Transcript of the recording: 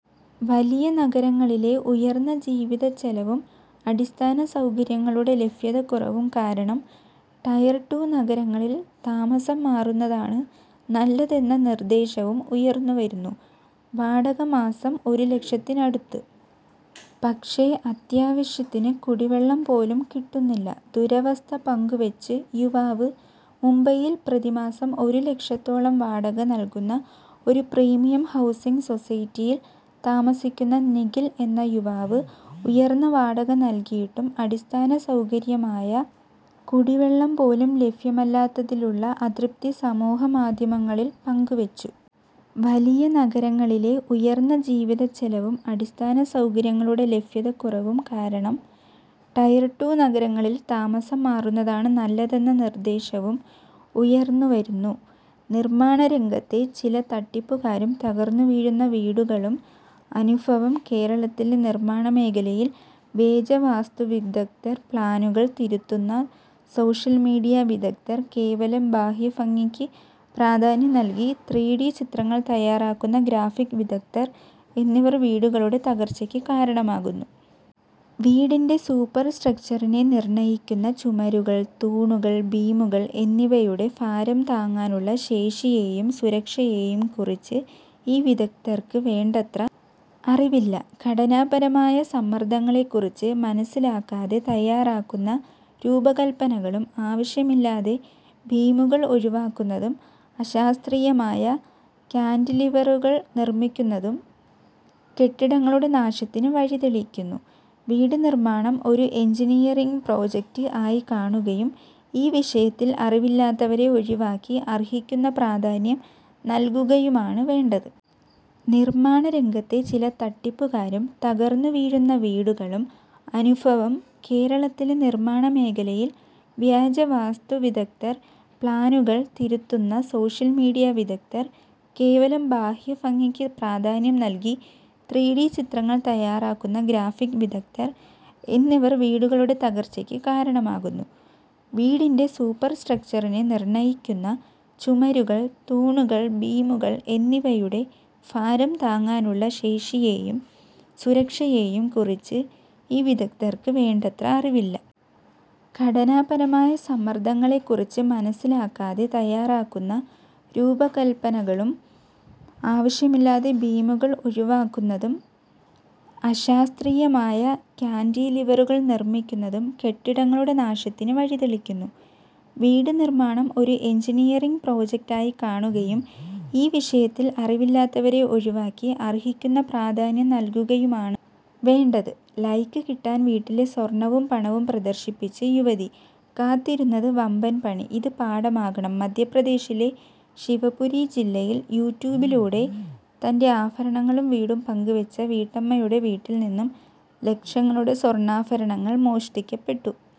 വലിയ നഗരങ്ങളിലെ ഉയർന്ന ജീവിതച്ചെലവും അടിസ്ഥാന സൗകര്യങ്ങളുടെ ലഭ്യതക്കുറവും കാരണം ടയർ ടു നഗരങ്ങളിൽ താമസം മാറുന്നതാണ് നല്ലതെന്ന നിർദ്ദേശവും ഉയർന്നു വരുന്നു. വാടക മാസം ഒരുലക്ഷത്തിനടുത്ത്; പക്ഷേ അത്യാവശ്യത്തിന് കുടിവെള്ളം പോലും കിട്ടുന്നില്ല: ദുരവസ്ഥ പങ്കുവച്ച് യുവാവ് മുംബൈയിൽ പ്രതിമാസം ഒരു ലക്ഷത്തോളം രൂപ വാടക നൽകുന്ന ഒരു പ്രീമിയം ഹൗസിങ് സൊസൈറ്റിയിൽ താമസിക്കുന്ന നിഖിൽ എന്ന യുവാവ്, ഉയർന്ന വാടക നൽകിയിട്ടും അടിസ്ഥാന സൗകര്യമായ കുടിവെള്ളം പോലും ലഭ്യമല്ലാത്തതിലുള്ള അതൃപ്തി സമൂഹമാധ്യമങ്ങളിൽ പങ്കുവെച്ചു. വലിയ നഗരങ്ങളിലെ ഉയർന്ന ജീവിതച്ചെലവും അടിസ്ഥാന സൗകര്യങ്ങളുടെ ലഭ്യതക്കുറവും കാരണം ടയർ ടു നഗരങ്ങളിൽ താമസം മാറുന്നതാണ് നല്ലതെന്ന നിർദ്ദേശവും ഉയർന്നു വരുന്നു. നിർമാണരംഗത്തെ ചില തട്ടിപ്പുകാരും തകർന്നുവീഴുന്ന വീടുകളും; അനുഭവം കേരളത്തിലെ നിർമ്മാണമേഖലയിൽ വ്യാജ വാസ്തുവിദഗ്ധർ, പ്ലാനുകൾ തിരുത്തുന്ന സോഷ്യൽ മീഡിയ വിദഗ്ധർ, കേവലം ബാഹ്യഭംഗിക്ക് പ്രാധാന്യം നൽകി ത്രീഡി ചിത്രങ്ങൾ തയ്യാറാക്കുന്ന ഗ്രാഫിക് വിദഗ്ധർ എന്നിവർ വീടുകളുടെ തകർച്ചയ്ക്ക് കാരണമാകുന്നു. വീടിന്റെ സൂപ്പർ സ്ട്രക്ച്ചറിനെ നിർണ്ണയിക്കുന്ന ചുമരുകൾ, തൂണുകൾ, ബീമുകൾ എന്നിവയുടെ ഭാരം താങ്ങാനുള്ള ശേഷിയെയും സുരക്ഷയെയും കുറിച്ച് ഈ വിദഗ്ധർക്ക് വേണ്ടത്ര അറിവില്ല. ഘടനാപരമായ സമ്മർദ്ദങ്ങളെക്കുറിച്ച് മനസ്സിലാക്കാതെ തയ്യാറാക്കുന്ന രൂപകൽപ്പനകളും, ആവശ്യമില്ലാതെ ബീമുകൾ ഒഴിവാക്കുന്നതും, അശാസ്ത്രീയമായ കാന്റിലിവറുകൾ നിർമ്മിക്കുന്നതും കെട്ടിടങ്ങളുടെ നാശത്തിന് വഴിതെളിക്കുന്നു. വീട് നിർമ്മാണം ഒരു എഞ്ചിനീയറിംഗ് പ്രോജക്റ്റ് ആയി കാണുകയും, ഈ വിഷയത്തിൽ അറിവില്ലാത്തവരെ ഒഴിവാക്കി, അർഹിക്കുന്ന പ്രാധാന്യം നൽകുകയുമാണ് വേണ്ടത്. നിർമാണരംഗത്തെ ചില തട്ടിപ്പുകാരും തകർന്നുവീഴുന്ന വീടുകളും; അനുഭവം കേരളത്തിലെ നിർമ്മാണമേഖലയിൽ വ്യാജ വാസ്തുവിദഗ്ധർ, പ്ലാനുകൾ തിരുത്തുന്ന സോഷ്യൽ മീഡിയ വിദഗ്ധർ, കേവലം ബാഹ്യഭംഗിക്ക് പ്രാധാന്യം നൽകി ത്രീഡി ചിത്രങ്ങൾ തയ്യാറാക്കുന്ന ഗ്രാഫിക് വിദഗ്ധർ എന്നിവർ വീടുകളുടെ തകർച്ചയ്ക്ക് കാരണമാകുന്നു. വീടിന്റെ സൂപ്പർ സ്ട്രക്ച്ചറിനെ നിർണ്ണയിക്കുന്ന ചുമരുകൾ, തൂണുകൾ, ബീമുകൾ എന്നിവയുടെ ഭാരം താങ്ങാനുള്ള ശേഷിയെയും സുരക്ഷയെയും കുറിച്ച് ഈ വിദഗ്ധർക്ക് വേണ്ടത്ര അറിവില്ല. ഘടനാപരമായ സമ്മർദ്ദങ്ങളെക്കുറിച്ച് മനസ്സിലാക്കാതെ തയ്യാറാക്കുന്ന രൂപകൽപ്പനകളും, ആവശ്യമില്ലാതെ ബീമുകൾ ഒഴിവാക്കുന്നതും, അശാസ്ത്രീയമായ കാന്റിലിവറുകൾ നിർമ്മിക്കുന്നതും കെട്ടിടങ്ങളുടെ നാശത്തിന് വഴിതെളിക്കുന്നു. വീട് നിർമ്മാണം ഒരു എഞ്ചിനീയറിംഗ് പ്രോജക്റ്റ് ആയി കാണുകയും, ഈ വിഷയത്തിൽ അറിവില്ലാത്തവരെ ഒഴിവാക്കി, അർഹിക്കുന്ന പ്രാധാന്യം നൽകുകയുമാണ് വേണ്ടത്. ലൈക്ക് കിട്ടാൻ വീട്ടിലെ സ്വർണവും പണവും പ്രദർശിപ്പിച്ച് യുവതി: കാത്തിരുന്നത് വമ്പൻ 'പണി'; ഇത് പാഠമാകണം മധ്യപ്രദേശിലെ ശിവപുരി ജില്ലയിൽ, യൂട്യൂബിലൂടെ തൻ്റെ ആഭരണങ്ങളും വീടും പങ്കുവെച്ച വീട്ടമ്മയുടെ വീട്ടിൽ നിന്നും ലക്ഷങ്ങളുടെ സ്വർണ്ണാഭരണങ്ങൾ മോഷ്ടിക്കപ്പെട്ടു.